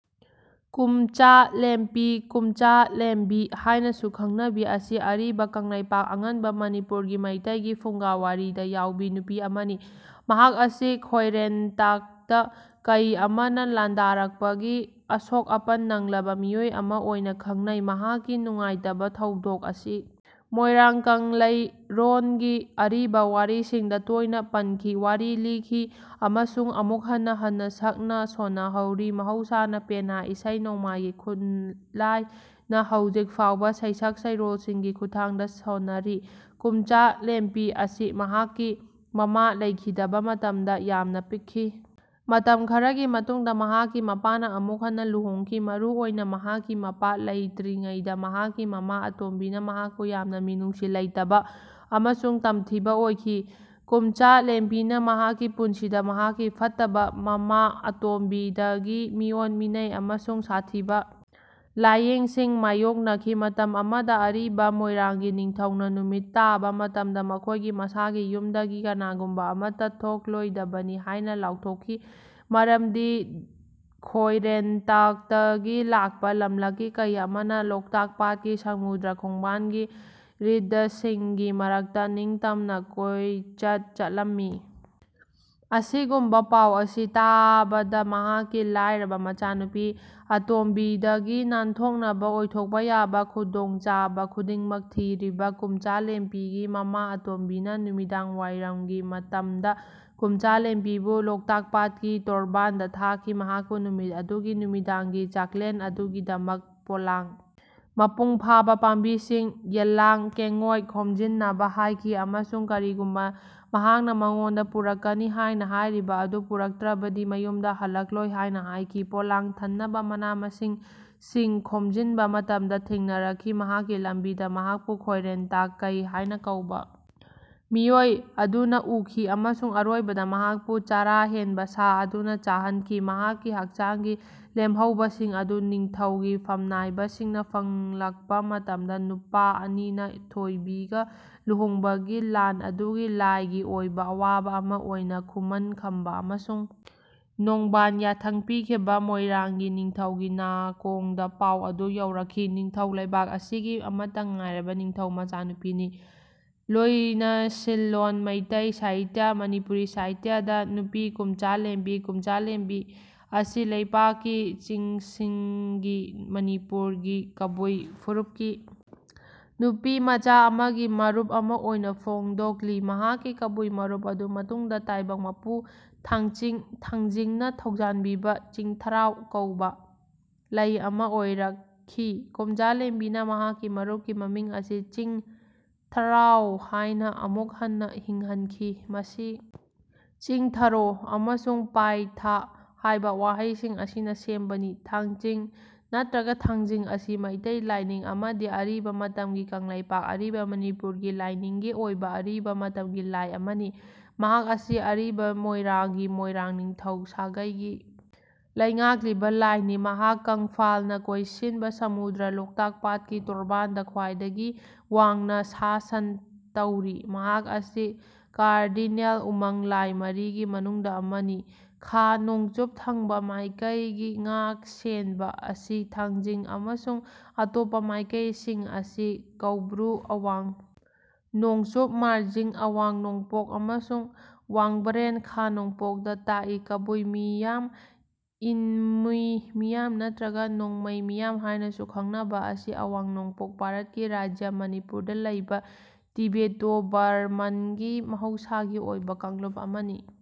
ꯀꯨꯝꯆꯥ ꯂꯦꯝꯄꯤ, ꯀꯨꯝꯖꯥ ꯂꯦꯝꯕꯤ ꯍꯥꯏꯅꯁꯨ ꯈꯪꯅꯕꯤ ꯑꯁꯤ ꯑꯔꯤꯕ ꯀꯪꯂꯩꯄꯥꯛ (ꯑꯉꯟꯕ ꯃꯅꯤꯄꯨꯔ)ꯒꯤ ꯃꯩꯇꯩꯒꯤ ꯐꯨꯡꯒꯥ ꯋꯥꯔꯤꯗ ꯌꯥꯎꯕꯤ ꯅꯨꯄꯤ ꯑꯃꯅꯤ꯫ ꯃꯍꯥꯛ ꯑꯁꯤ ꯈꯣꯏꯔꯦꯟꯇꯛꯇ ꯀꯩ ꯑꯃꯅ ꯂꯥꯟꯗꯥꯔꯛꯄꯒꯤ ꯑꯁꯣꯛ-ꯑꯄꯟ ꯅꯪꯂꯕ ꯃꯤꯑꯣꯏ ꯑꯃ ꯑꯣꯏꯅ ꯈꯪꯅꯩ꯫ ꯃꯍꯥꯛꯀꯤ ꯅꯨꯡꯉꯥꯏꯇꯕ ꯊꯧꯗꯣꯛ ꯑꯁꯤ ꯃꯣꯏꯔꯥꯡ ꯀꯪꯂꯩꯔꯣꯜꯒꯤ ꯑꯔꯤꯕ ꯋꯥꯔꯤꯁꯤꯡꯗ ꯇꯣꯏꯅ ꯄꯟꯈꯤ, ꯋꯥꯔꯤ ꯂꯤꯈꯤ ꯑꯃꯁꯨꯡ ꯑꯃꯨꯛ ꯍꯟꯅ ꯍꯟꯅ ꯁꯛꯅ ꯁꯣꯟꯅꯍꯧꯔꯤ, ꯃꯍꯧꯁꯥꯅ ꯄꯦꯅꯥ (ꯏꯁꯩ-ꯅꯣꯡꯃꯥꯏꯒꯤ ꯈꯨꯠꯂꯥꯏ)ꯅ ꯍꯧꯖꯤꯛ ꯐꯥꯎꯕ ꯁꯩꯁꯛ ꯁꯩꯔꯣꯜꯁꯤꯡꯒꯤ ꯈꯨꯠꯊꯥꯡꯗ ꯁꯣꯟꯅꯔꯤ꯫ ꯀꯨꯝꯆꯥ ꯂꯦꯝꯄꯤ ꯑꯁꯤ ꯃꯍꯥꯛꯀꯤ ꯃꯃꯥ ꯂꯩꯈꯤꯗꯕ ꯃꯇꯝꯗ ꯌꯥꯝꯅ ꯄꯤꯛꯈꯤ꯫ ꯃꯇꯝ ꯈꯔꯒꯤ ꯃꯇꯨꯡꯗ ꯃꯍꯥꯛꯀꯤ ꯃꯄꯥꯅ ꯑꯃꯨꯛ ꯍꯟꯅ ꯂꯨꯍꯣꯡꯈꯤ꯫ ꯃꯔꯨꯑꯣꯏꯅ ꯃꯍꯥꯛꯀꯤ ꯃꯄꯥ ꯂꯩꯇ꯭ꯔꯤꯉꯩꯗ, ꯃꯍꯥꯛꯀꯤ ꯃꯃꯥ ꯑꯇꯣꯝꯕꯤꯅ ꯃꯍꯥꯛꯄꯨ ꯌꯥꯝꯅ ꯃꯤꯅꯨꯡꯁꯤ ꯂꯩꯇꯕ ꯑꯃꯁꯨꯡ ꯇꯝꯊꯤꯕ ꯑꯣꯏꯈꯤ꯫ ꯀꯨꯝꯆꯥ ꯂꯦꯝꯄꯤꯅ ꯃꯍꯥꯛꯀꯤ ꯄꯨꯟꯁꯤꯗ ꯃꯍꯥꯛꯀꯤ ꯐꯠꯇꯕ ꯃꯃꯥ ꯑꯇꯣꯝꯕꯤꯗꯒꯤ ꯃꯤꯑꯣꯠ-ꯃꯤꯅꯩ ꯑꯃꯁꯨꯡ ꯁꯥꯊꯤꯕ ꯂꯥꯏꯌꯦꯡꯁꯤꯡ ꯃꯥꯌꯣꯛꯅꯈꯤ꯫ ꯃꯇꯝ ꯑꯃꯗ ꯑꯔꯤꯕ ꯃꯣꯏꯔꯥꯡꯒꯤ ꯅꯤꯡꯊꯧꯅ ꯅꯨꯃꯤꯠ ꯇꯥꯕ ꯃꯇꯝꯗ ꯃꯈꯣꯏꯒꯤ ꯃꯁꯥꯒꯤ ꯌꯨꯝꯗꯒꯤ ꯀꯅꯥꯒꯨꯝꯕ ꯑꯃꯠꯇ ꯊꯣꯛꯂꯣꯏꯗꯕꯅꯤ ꯍꯥꯏꯅ ꯂꯥꯎꯊꯣꯛꯈꯤ, ꯃꯔꯝꯗꯤ ꯈꯣꯏꯔꯦꯟꯇꯛꯇꯒꯤ ꯂꯥꯛꯄ ꯂꯝꯂꯛꯀꯤ ꯀꯩ ꯑꯃꯅ ꯂꯣꯛꯇꯥꯛ ꯄꯥꯠꯀꯤ ꯁꯃꯨꯗ꯭ꯔ ꯈꯣꯡꯕꯥꯜꯒꯤ ꯔꯤꯗꯁꯤꯡꯒꯤ ꯃꯔꯛꯇ ꯅꯤꯡꯇꯝꯅ ꯀꯣꯏꯆꯠ ꯆꯠꯂꯝꯃꯤ꯫ ꯑꯁꯤꯒꯨꯝꯕ ꯄꯥꯎ ꯑꯁꯤ ꯇꯥꯕꯗ, ꯃꯍꯥꯛꯀꯤ ꯂꯥꯏꯔꯕ ꯃꯆꯥꯅꯨꯄꯤ ꯑꯇꯣꯝꯕꯤꯗꯒꯤ ꯅꯥꯟꯊꯣꯛꯅꯕ ꯑꯣꯏꯊꯣꯛꯄ ꯌꯥꯕ ꯈꯨꯗꯣꯡꯆꯥꯕ ꯈꯨꯗꯤꯡꯃꯛ ꯊꯤꯔꯤꯕ ꯀꯨꯝꯆꯥ ꯂꯦꯝꯄꯤꯒꯤ ꯃꯃꯥ ꯑꯇꯣꯝꯕꯤꯅ ꯅꯨꯃꯤꯗꯥꯡꯋꯥꯏꯔꯝꯒꯤ ꯃꯇꯝꯗ ꯀꯨꯝꯆꯥ ꯂꯦꯝꯄꯤꯕꯨ ꯂꯣꯛꯇꯥꯛ ꯄꯥꯠꯀꯤ ꯇꯣꯔꯕꯥꯟꯗ ꯊꯥꯈꯤ, ꯃꯍꯥꯛꯄꯨ ꯅꯨꯃꯤꯠ ꯑꯗꯨꯒꯤ ꯅꯨꯃꯤꯗꯥꯡꯒꯤ ꯆꯥꯛꯂꯦꯟ ꯑꯗꯨꯒꯤꯗꯃꯛ ꯄꯣꯂꯥꯡ ꯃꯄꯨꯡ ꯐꯥꯕ ꯄꯥꯝꯕꯤꯁꯤꯡ ("ꯌꯦꯜꯂꯥꯡ ꯀꯦꯡꯉꯣꯏ") ꯈꯣꯝꯖꯤꯟꯅꯕ ꯍꯥꯏꯈꯤ, ꯑꯃꯁꯨꯡ ꯀꯔꯤꯒꯨꯝꯕ ꯃꯍꯥꯛꯅ ꯃꯉꯣꯟꯗ ꯄꯨꯔꯛꯀꯅꯤ ꯍꯥꯏꯅ ꯍꯥꯏꯔꯤꯕ ꯑꯗꯨ ꯄꯨꯔꯛꯇ꯭ꯔꯕꯗꯤ ꯃꯌꯨꯝꯗ ꯍꯜꯂꯛꯂꯣꯏ ꯍꯥꯏꯅ ꯍꯥꯏꯈꯤ꯫ ꯄꯣꯂꯥꯡ ꯊꯟꯅꯕ ꯃꯅꯥ-ꯃꯁꯤꯡꯁꯤꯡ ꯈꯣꯝꯖꯤꯟꯕ ꯃꯇꯝꯗ ꯊꯦꯡꯊꯔꯛꯈꯤ꯫ ꯃꯍꯥꯛꯀꯤ ꯂꯝꯕꯤꯗ ꯃꯍꯥꯛꯄꯨ ꯈꯣꯏꯔꯦꯟꯇꯛ ꯀꯩ ꯍꯥꯏꯅ ꯀꯧꯕ ꯃꯤꯑꯣꯏ ꯑꯗꯨꯅ ꯎꯈꯤ ꯑꯃꯁꯨꯡ ꯑꯔꯣꯏꯕꯗ ꯃꯍꯥꯛꯄꯨ ꯆꯔꯥ ꯍꯦꯟꯕ ꯁꯥ ꯑꯗꯨꯅ ꯆꯥꯍꯟꯈꯤ꯫ ꯃꯍꯥꯛꯀꯤ ꯍꯛꯆꯥꯡꯒꯤ ꯂꯦꯝꯍꯧꯕꯁꯤꯡ ꯑꯗꯨ ꯅꯤꯡꯊꯧꯒꯤ ꯐꯝꯅꯥꯏꯕꯁꯤꯡꯅ ꯐꯪꯂꯛꯄ ꯃꯇꯝꯗ ꯅꯨꯄꯥ ꯑꯅꯤꯅ ꯊꯣꯏꯕꯤꯒ ꯂꯨꯍꯣꯡꯕꯒꯤ ꯂꯥꯟ ꯑꯗꯨꯒꯤ ꯂꯥꯏꯒꯤ ꯑꯣꯏꯕ ꯑꯋꯥꯕ ꯑꯃ ꯑꯣꯏꯅ ꯈꯨꯃꯟ ꯈꯝꯕ ꯑꯃꯁꯨꯡ ꯅꯣꯡꯕꯟ ꯌꯥꯊꯪ ꯄꯤꯈꯤꯕ ꯃꯣꯏꯔꯥꯡꯒꯤ ꯅꯤꯡꯊꯧꯒꯤ ꯅꯥꯀꯣꯡꯗ ꯄꯥꯎ ꯑꯗꯨ ꯌꯧꯔꯛꯈꯤ꯫ ꯅꯤꯡꯊꯧ ꯂꯩꯕꯥꯛ ꯑꯁꯤꯒꯤ ꯑꯃꯠꯇ ꯉꯥꯏꯔꯕ ꯅꯤꯡꯊꯧ ꯃꯆꯥꯅꯨꯄꯤꯅꯤ꯫ ꯂꯣꯏꯅꯁꯤꯟꯂꯣꯟ ꯃꯩꯇꯩ ꯁꯥꯍꯤꯇ꯭ꯌ (ꯃꯅꯤꯄꯨꯔꯤ ꯁꯥꯍꯤꯇ꯭ꯌ)ꯗ ꯅꯨꯄꯤ ꯀꯨꯝꯆꯥ ꯂꯦꯝꯄꯤ (ꯀꯨꯝꯖꯥ ꯂꯦꯝꯕꯤ) ꯑꯁꯤ ꯂꯩꯄꯥꯛꯀꯤ ꯆꯤꯡꯁꯤꯡꯒꯤ ('ꯃꯅꯤꯄꯨꯔ') ꯒꯤ ꯀꯕꯨꯏ ꯐꯨꯔꯨꯞꯀꯤ ꯅꯨꯄꯤꯃꯆꯥ ꯑꯃꯒꯤ ꯃꯔꯨꯞ ꯑꯃ ꯑꯣꯏꯅ ꯐꯣꯡꯗꯣꯛꯂꯤ꯫ ꯃꯍꯥꯛꯀꯤ ꯀꯥꯕꯨꯏ ꯃꯔꯨꯞ ꯑꯗꯨ ꯃꯇꯨꯡꯗ ꯇꯥꯏꯕꯪ ꯃꯄꯨ ꯊꯥꯡꯆꯤꯡ (ꯊꯥꯡꯖꯤꯡ)ꯅ ꯊꯧꯖꯥꯜꯕꯤꯕ "ꯆꯤꯡꯊ꯭ꯔꯥꯎ" ꯀꯧꯕ ꯂꯩ ꯑꯃ ꯑꯣꯏꯔꯛꯈꯤ꯫ ꯀꯨꯝꯖꯥ ꯂꯦꯝꯕꯤꯅ ꯃꯍꯥꯛꯀꯤ ꯃꯔꯨꯞꯀꯤ ꯃꯃꯤꯡ ꯑꯁꯤ "ꯆꯤꯡ-ꯊ꯭ꯔꯥꯎ" ꯍꯥꯏꯅ ꯑꯃꯨꯛ ꯍꯟꯅ ꯍꯤꯡꯍꯟꯈꯤ, ꯃꯁꯤ ꯆꯤꯡ', 'ꯊꯥꯔꯣ' ꯑꯃꯁꯨꯡ 'ꯄꯥꯏꯊꯥ' ꯍꯥꯏꯕ ꯋꯥꯍꯩꯁꯤꯡ ꯑꯁꯤꯅ ꯁꯦꯝꯕꯅꯤ꯫ ꯊꯥꯡꯆꯤꯡ ꯅꯠꯇ꯭ꯔꯒ ꯊꯥꯡꯖꯤꯡ ꯑꯁꯤ ꯃꯩꯇꯩ ꯂꯥꯏꯅꯤꯡ ꯑꯃꯗꯤ ꯑꯔꯤꯕ ꯃꯇꯝꯒꯤ ꯀꯪꯂꯩꯄꯥꯛ (ꯑꯔꯤꯕ ꯃꯅꯤꯄꯨꯔ)ꯒꯤ ꯂꯥꯏꯅꯤꯡꯒꯤ ꯑꯣꯏꯕ ꯑꯔꯤꯕ ꯃꯇꯝꯒꯤ ꯂꯥꯏ ꯑꯃꯅꯤ꯫ ꯃꯍꯥꯛ ꯑꯁꯤ ꯑꯔꯤꯕ ꯃꯣꯏꯔꯥꯡꯒꯤ ꯃꯣꯏꯔꯥꯡ ꯅꯤꯡꯊꯧ ꯁꯥꯒꯩꯒꯤ ꯂꯩꯉꯥꯛꯂꯤꯕ ꯂꯥꯏꯅꯤ꯫ ꯃꯍꯥꯛ ꯀꯪꯐꯥꯜꯅ ꯀꯣꯏꯁꯤꯟꯕ ꯁꯃꯨꯗ꯭ꯔ, ꯂꯣꯛꯇꯥꯛ ꯄꯥꯠꯀꯤ ꯇꯣꯔꯕꯥꯟꯗ ꯈ꯭ꯋꯥꯏꯗꯒꯤ ꯋꯥꯡꯅ ꯁꯥꯁꯟ ꯇꯧꯔꯤ꯫ ꯃꯍꯥꯛ ꯑꯁꯤ ꯀꯥꯔꯗꯤꯅꯦꯜ ꯎꯃꯪ ꯂꯥꯏ ꯃꯔꯤꯒꯤ ꯃꯅꯨꯡꯗ ꯑꯃꯅꯤ꯫ ꯈꯥ-ꯅꯣꯡꯆꯨꯞ ꯊꯪꯕ ꯃꯥꯏꯀꯩꯒꯤ ꯉꯥꯛ-ꯁꯦꯟꯕ ꯑꯁꯤ ꯊꯥꯡꯖꯤꯡ ꯑꯃꯁꯨꯡ ꯑꯇꯣꯞꯄ ꯃꯥꯏꯀꯩꯁꯤꯡ ꯑꯁꯤ ꯀꯣꯎꯕ꯭ꯔꯨ (ꯑꯋꯥꯡ ꯅꯣꯡꯆꯨꯞ), ꯃꯥꯔꯖꯤꯡ (ꯑꯋꯥꯡ ꯅꯣꯡꯄꯣꯛ) ꯑꯃꯁꯨꯡ ꯋꯥꯡꯕ꯭ꯔꯦꯟ (ꯈꯥ-ꯅꯣꯡꯄꯣꯛ)ꯗ ꯇꯥꯛꯏ꯫ ꯀꯕꯨꯏ ꯃꯤꯌꯥꯝ (ꯏꯟꯃꯨꯏ ꯃꯤꯌꯥꯝ ꯅꯠꯇ꯭ꯔꯒ ꯅꯣꯡꯃꯩ ꯃꯤꯌꯥꯝ ꯍꯥꯏꯅꯁꯨ ꯈꯪꯅꯕ) ꯑꯁꯤ ꯑꯋꯥꯡ-ꯅꯣꯡꯄꯣꯛ ꯚꯥꯔꯠꯀꯤ ꯔꯥꯖ꯭ꯌ ꯃꯅꯤꯄꯨꯔꯗ ꯂꯩꯕ ꯇꯤꯕꯦꯇꯣ-ꯕꯔꯃꯟꯒꯤ ꯃꯍꯧꯁꯥꯒꯤ ꯑꯣꯏꯕ ꯀꯥꯡꯂꯨꯞ ꯑꯃꯅꯤ꯫